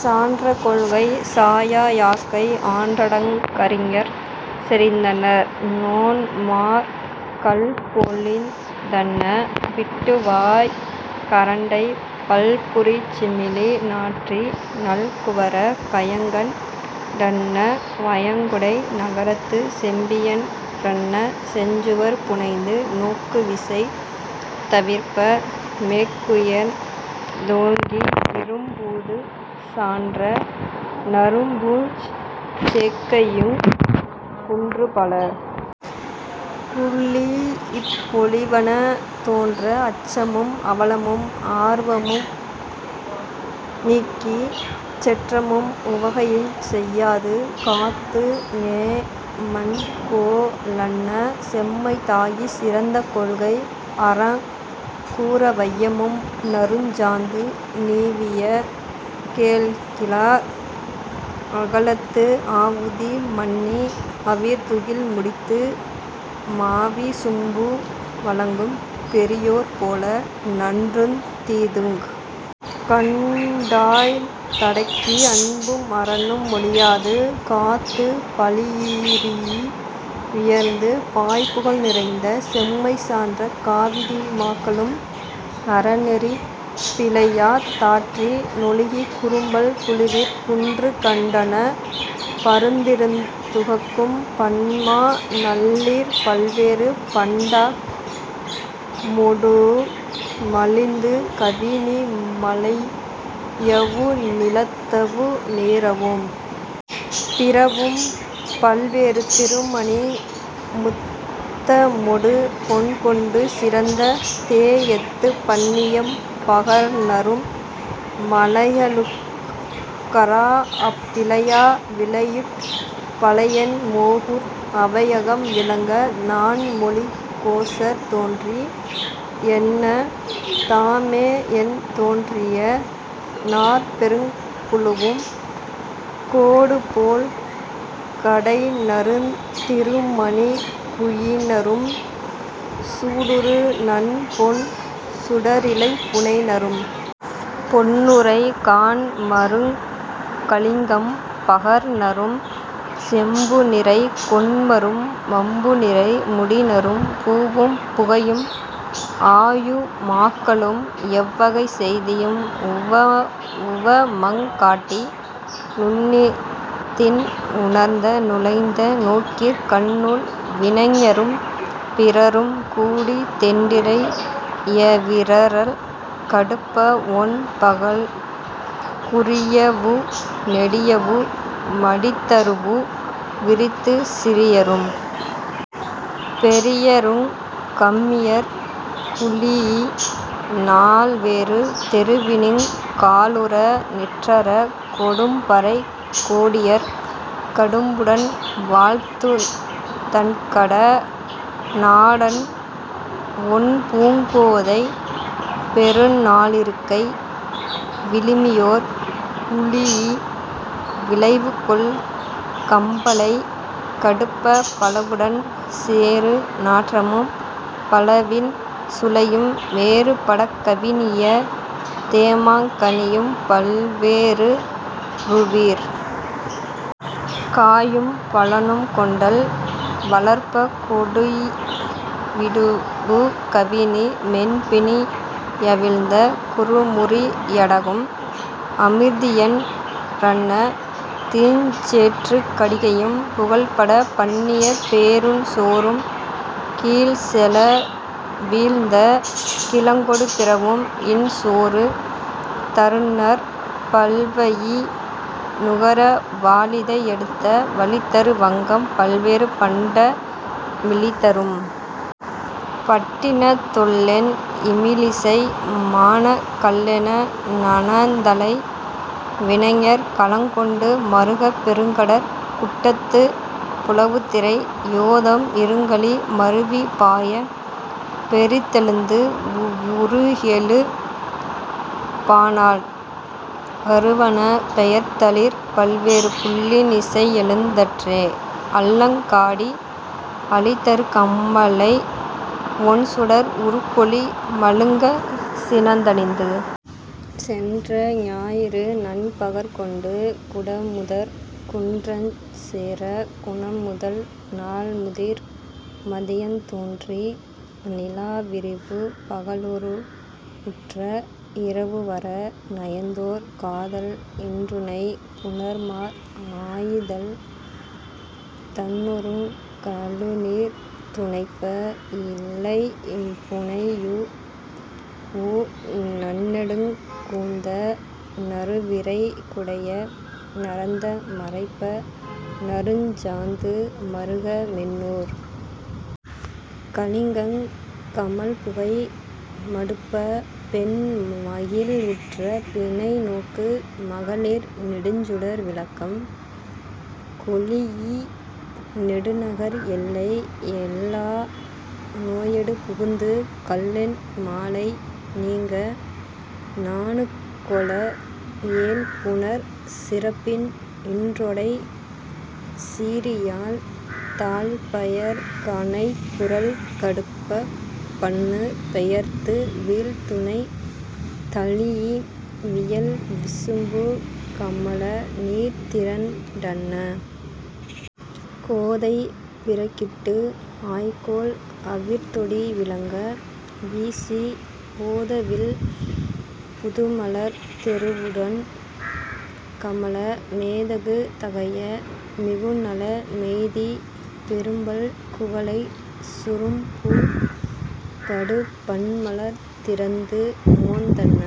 சான்ற கொள்கைச் சாயா யாக்கை ஆன்றடங் கறிஞர் செறிந்தனர் நோன்மார் கல்பொளிந் தன்ன விட்டுவாய்க் கரண்டைப் பல்புரிச் சிமிலி நாற்றி நல்குவரக் கயங்கண் டன்ன வயங்குடை நகரத்துச் செம்பியன் றன்ன செஞ்சுவர் புனைந்து நோக்குவிசை தவிர்ப்ப மேக்குயர்ந் தோங்கி இறும்பூது சான்ற நறும்பூஞ் சேக்கையுங் குன்றுபல குழீஇப் பொலிவன தோன்ற அச்சமும் அவலமும் ஆர்வமு நீக்கிச் செற்றமும் உவகையுஞ் செய்யாது காத்து ஞெமன்கோ லன்ன செம்மைத் தாகிச் சிறந்த கொள்கை அறங்கூ றவையமும் நறுஞ்சாந்து நீவிய கேழ்கிளர் அகலத்து ஆவுதி மண்ணி அவிர்துகில் முடித்து மாவிசும்பு வழங்கும் பெரியோர் போல நன்றுந் தீதுங் கண்டாய்ந் தடக்கி அன்பும் அறனும் ஒழியாது காத்துப் பழியரீஇ யுயர்ந்து பாய்புகழ் நிறைந்த செம்மை சான்ற காவிதி மாக்களும் அறநெறி பிழையா தாற்றி னொழுகி குறும்பல் குழுவிற் குன்றுகண் டன்ன பருந்திருந் துகக்கும் பன்மா ணல்லிற் பல்வேறு பண்டமொ டூண்மலிந்து கவினி மலையவு நிலத்தவு நீரவும் பிறவும் பல்வேறு திருமணி முத்தமொடு பொன்கொண்டு சிறந்த தேஎத்துப் பண்ணியம் பகர்நரும் மழையழுக் கறாஅப் பிழையா விளையுட் பழையன் மோகூர் அவையகம் விளங்க நான்மொழிக் கோசர் தோன்றி யன்ன தாமேஎந் தோன்றிய நாற்பெருங் குழுவும் கோடுபோழ் கடைநருந் திருமணி குயினரும் சூடுறு நன்பொன் சுடரிழை புனைநரும் பொன்னுரை காண்மருங் கலிங்கம் பகர்நரும் செம்புநிறை கொண்மரும் வம்புநிறை முடிநரும் பூவும் புகையும் ஆயு மாக்களும் எவ்வகைச் செய்தியும் உவமங் காட்டி நுண்ணிதின் உணர்ந்த நுழைந்த நோக்கிற் கண்ணுள் வினைஞரும் பிறரும் கூடித் தெண்டிரை யவிரறல் கடுப்ப வொண்பகல் குறியவு நெடியவு மடிதரூஉ விரித்துச் சிறியரும் பெரியருங் கம்மியர் குழீஇ நால்வேறு தெருவினுங் காலுற நிற்றரக் கொடும்பறைக் கோடியர் கடும்புடன் வாழ்த்துந் தண்கட னாடன் ஒண்பூங் கோதை பெருநா ளிருக்கை விழுமியோர் குழீஇ விழைவுகொள் கம்பலை கடுப்பப் பலவுடன் சேறு நாற்றமும் பலவின் சுளையும் வேறுபடக் கவினிய தேமாங் கனியும் பல்வே றுருவிற் காயும் பழனும் கொண்டல் வளர்ப்பக் கொடிவிடுபு கவினி மென்பிணி யவிழ்ந்த குறுமுறி யடகும் அமிர்தியன் றன்ன தீஞ்சேற்றுக் கடிகையும் புகழ்படப் பண்ணிய பேரூன் சோறும் கீழ்செல வீழ்ந்த கிழங்கொடு பிறவும் இன்சோறு தருநர் பல்வயி னுகர வாலிதை எடுத்த வளிதரு வங்கம் பல்வேறு பண்ட மிழிதரும் பட்டினத் தொல்லென் இமிழிசை மானக் கல்லென நனந்தலை வினைஞர் கலங்கொண்டு மறுகப் பெருங்கடற் குட்டத்துப் புலவுத்திரை யோதம் இருங்கழி மருவிப் பாயப் பெரிதெழுந்து உருகெழு பானாள் வருவன பெயர்தலிற் பல்வேறு புள்ளின் இசையெழுந் தற்றே அல்லங் காடி அழிதரு கம்பலை ஒண்சுடர் உருப்பொளி மழுங்கச் சினந்தணிந்து சென்ற ஞாயிறு நன்பகற் கொண்டு குடமுதற் குன்றஞ் சேரக் குணமுதல் நாள்முதிர் மதியந் தோன்றி நிலாவிரிபு பகலுரு வுற்ற இரவுவர நயந்தோர் காதல் இன்றுணை புணர்மார் ஆயிதழ்த் தண்ணறுங் கழுநீர் துணைப்ப இழைபுனையூஉ நன்னெடுங் கூந்த னறுவிரை குடைய நரந்த மரைப்ப நறுஞ்சாந்து மறுக மென்னூற் கலிங்கங் கமழ்புகை மடுப்பப் பெண்மகிழ் வுற்ற பிணைநோக்கு மகளிர் நெடுஞ்சுடர் விளக்கம் கொளீஇ நெடுநகர் எல்லை எல்லா நோயடு புகுந்து கல்லென் மாலை நீங்க நாணுக்கொள ஏழ்புணர் சிறப்பின் இன்றொடைச் சீறியாழ் தாழ்பயற் கனைகுரல் கடுப்பப் பண்ணுப்பெயர்த்து வீழ்துணை தழீஇ வியல்விசும்பு கமழ நீர்திரண் டன்ன கோதை பிறக்கிட்டு ஆய்கோல் அவிர்தொடி விளங்க வீசிப் போதவிழ் புதுமலர் தெருவுடன் கமழ மேதகு தகைய மிகுநல மெய்திப் பெரும்பல் குவளைச் சுரும்புபடு பன்மலர் திறந்துமோந் தன்ன